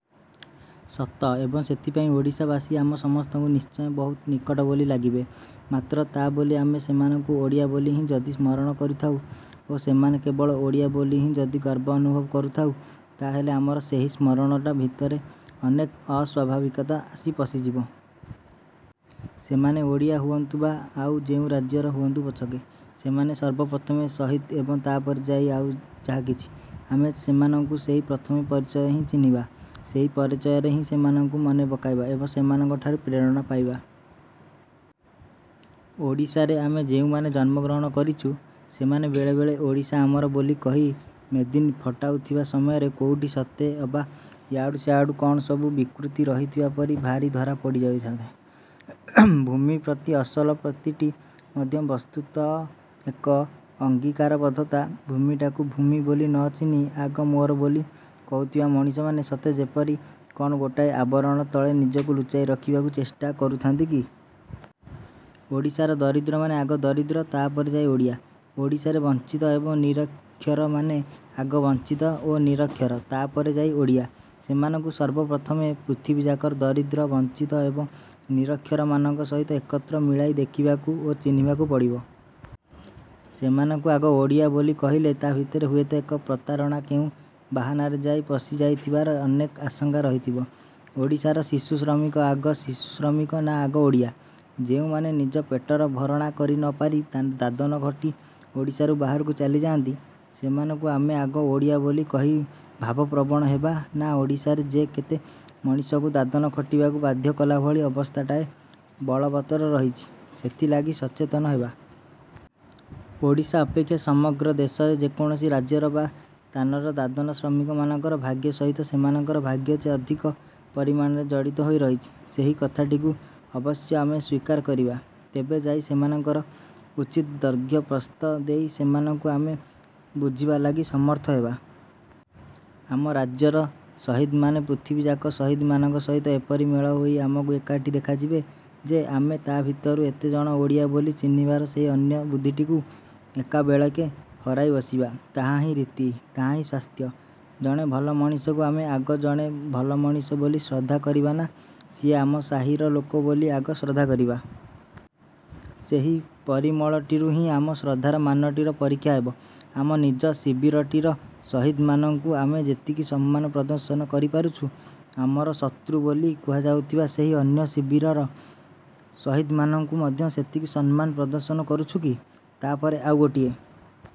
ସତ, ଏବଂ ସେଥିପାଇଁ ଓଡ଼ିଶାବାସୀ ଆମ ସମସ୍ତଙ୍କୁ ନିଶ୍ଚୟ ବହୁତ ନିକଟ ବୋଲି ଲାଗିବେ। ମାତ୍ର, ତା' ବୋଲି ଆମେ ସେମାନଙ୍କୁ ଓଡ଼ିଆ ବୋଲି ହିଁ ଯଦି ସ୍ମରଣ କରୁଥାଉ ଓ ସେମାନେ କେବଳ ଓଡ଼ିଆ ବୋଲି ହିଁ ଯଦି ଗର୍ବ ଅନୁଭବ କରୁଥାଉ, ତାହେଲେ ଆମର ସେହି ସ୍ମରଣଟା ଭିତରେ ଅନେକ ଅସ୍ୱାଭାବିକତା ଆସି ପଶିଯିବ। ସେମାନେ ଓଡ଼ିଆ ହୁଅନ୍ତୁ ବା ଆଉ ଯେଉଁ ରାଜ୍ୟର ହୁଅନ୍ତୁ ପଛକେ, ସେମାନେ ସର୍ବପ୍ରଥମେ ସହିଦ ଏବଂ ତା'ପରେ ଯାଇ ଆଉ ଯାହାକିଛି। ଆମେ ସେମାନଙ୍କୁ ସେହି ପ୍ରଥମ ପରିଚୟରେ ହିଁ ଚିହ୍ନିବା। ସେହି ପରିଚୟରେ ହିଁ ସେମାନଙ୍କୁ ମନେ ପକାଇବା ଏବଂ ସେମାନଙ୍କ ଠାରୁ ପ୍ରେରଣା ପାଇବା। ଓଡ଼ିଶାରେ ଆମେ ଯେଉଁମାନେ ଜନ୍ମଗ୍ରହଣ କରିଛୁ, ସେମାନେ ବେଳେବେଳେ ଓଡ଼ିଶା ଆମର ବୋଲି କହି ମେଦିନୀ ଫଟାଉଥିବା ସମୟରେ କୋଉଠି ସତେ ଅବା ୟାଡୁ ସାଡୁ କ'ଣ ସବୁ ବିକୃତି ରହିଥିବା ପରି ଭାରି ଧରା ପଡ଼ି ଯାଉଥାଏ। ଭୂମି ପ୍ରତି ଅସଲ ପ୍ରୀତିଟି ମଧ୍ୟ ବସ୍ତୁତଃ ଏକ ଅଙ୍ଗୀକାରବଦ୍ଧତା; ଭୂମିଟାକୁ ଭୂମି ବୋଲି ନ ଚିହ୍ନି ଆଗ ମୋର ବୋଲି କହୁଥିବା ମଣିଷମାନେ ସତେ ଯେପରି କ'ଣ ଗୋଟାଏ ଆବରଣ ତଳେ ନିଜକୁ ଲୁଚାଇ ରଖିବାକୁ ଚେଷ୍ଟା କରୁଥାନ୍ତି କି? ଓଡ଼ିଶାର ଦରିଦ୍ରମାନେ ଆଗ ଦରିଦ୍ର, ତା' ପରେ ଯାଇ ଓଡ଼ିଆ। ଓଡ଼ିଶାରେ ବଞ୍ଚିତ ଏବଂ ନିରକ୍ଷରମାନେ ଆଗ ବଞ୍ଚିତ ଓ ନିରକ୍ଷର, ତା'ପରେ ଯାଇ ଓଡ଼ିଆ। ସେମାନଙ୍କୁ ସର୍ବପ୍ରଥମେ ପୃଥିବୀଯାକର ଦରିଦ୍ର, ବଞ୍ଚିତ ଏବଂ ନିରକ୍ଷରମାନଙ୍କ ସହିତ ଏକତ୍ର ମିଳାଇ ଦେଖିବାକୁ ଓ ଚିହ୍ନିବାକୁ ପଡ଼ିବ। ସେମାନଙ୍କୁ ଆଗ ଓଡ଼ିଆ ବୋଲି କହିଲେ ତା'ଭିତରେ ହୁଏତ ଏକ ପ୍ରତାରଣା କେଉଁ ବାହାନାରେ ଯାଇ ପଶି ଯାଇଥିବାର ଅନେକ ଆଶଙ୍କା ରହିଥିବ। ଓଡ଼ିଶାର ଶିଶୁ ଶ୍ରମିକ ଆଗ ଶିଶୁ ଶ୍ରମିକ ନା ଆଗ ଓଡ଼ିଆ? ଯେଉଁମାନେ ନିଜ ପେଟର ଭରଣା କରିନପାରି ଦାଦନ ଖଟି ଓଡ଼ିଶାରୁ ବାହାରକୁ ଚାଲି ଯାଆନ୍ତି, ସେମାନଙ୍କୁ ଆମେ ଆଗ ଓଡ଼ିଆ ବୋଲି କହି ଭାବପ୍ରବଣ ହେବା ନା ଓଡ଼ିଶାରେ ଯେ କେତେ ମଣିଷଙ୍କୁ ଦାଦନ ଖଟିବାକୁ ବାଧ୍ୟ କଲାଭଳି ଅବସ୍ଥାଟାଏ ବଳବତ୍ତର ରହିଛି, ସେଥିଲାଗି ସଚେତନ ହେବା? ଓଡ଼ିଶା ଅପେକ୍ଷା ସମଗ୍ର ଦେଶର ଯେକୌଣସି ରାଜ୍ୟର ବା ସ୍ଥାନର ଦାଦନ ଶ୍ରମିକମାନଙ୍କର ଭାଗ୍ୟ ସହିତ ସେମାନଙ୍କର ଭାଗ୍ୟ ଯେ ଅଧିକ ପରିମାଣରେ ଜଡ଼ିତ ହୋଇ ରହିଛି, ସେହି କଥାଟିକୁ ଅବଶ୍ୟ ଆମେ ସ୍ୱୀକାର କରିବା। ତେବେ ଯାଇ ସେମାନଙ୍କର ଉଚିତ ଦୈର୍ଘ୍ୟ ପ୍ରସ୍ଥ ଦେଇ ସେମାନଙ୍କୁ ଆମେ ବୁଝିବା ଲାଗି ସମର୍ଥ ହେବା। ଆମ ରାଜ୍ୟର ସହିଦମାନେ ପୃଥିବୀଯାକ ସହିଦମାନଙ୍କ ସହିତ ଏପରି ମେଳ ହୋଇ ଆମକୁ ଏକାଠି ଦେଖାଯିବେ ଯେ ଆମେ ତା' ଭିତରୁ ଏତେଜଣ ଓଡ଼ିଆ ବୋଲି ଚିହ୍ନିବାର ସେହି ଅନ୍ୟ ବୁଦ୍ଧିଟିକୁ ଏକାବେଳେକେ ହରାଇ ବସିବା; ତାହାହିଁ ରୀତି, ତାହାହିଁ ସ୍ୱାସ୍ଥ୍ୟ। ଜଣେ ଭଲ ମଣିଷକୁ ଆମେ ଆଗ ଜଣେ ଭଲ ମଣିଷ ବୋଲି ଶ୍ରଦ୍ଧା କରିବା ନା ସିଏ ଆମ ସାହିର ଲୋକ ବୋଲି ଆଗ ଶ୍ରଦ୍ଧା କରିବା? ସେହି ପରିମଳଟିରୁ ହିଁ ଆମ ଶ୍ରଦ୍ଧାର ମାନଟିର ପରୀକ୍ଷା ହେବ। ଆମ ନିଜ ଶିବିରଟିର ସହିଦମାନଙ୍କୁ ଆମେ ଯେତିକି ସମ୍ମାନ ପ୍ରଦର୍ଶନ କରିପାରୁଛୁ, ଆମର ଶତ୍ରୁ ବୋଲି କୁହାଯାଉଥିବା ସେହି ଅନ୍ୟ ଶିବିରର ସହିଦମାନଙ୍କୁ ମଧ୍ୟ ସେତିକି ସମ୍ମାନ ପ୍ରଦର୍ଶନ କରୁଛୁ କି? ତା'ପରେ ଆଉ ଗୋଟିଏ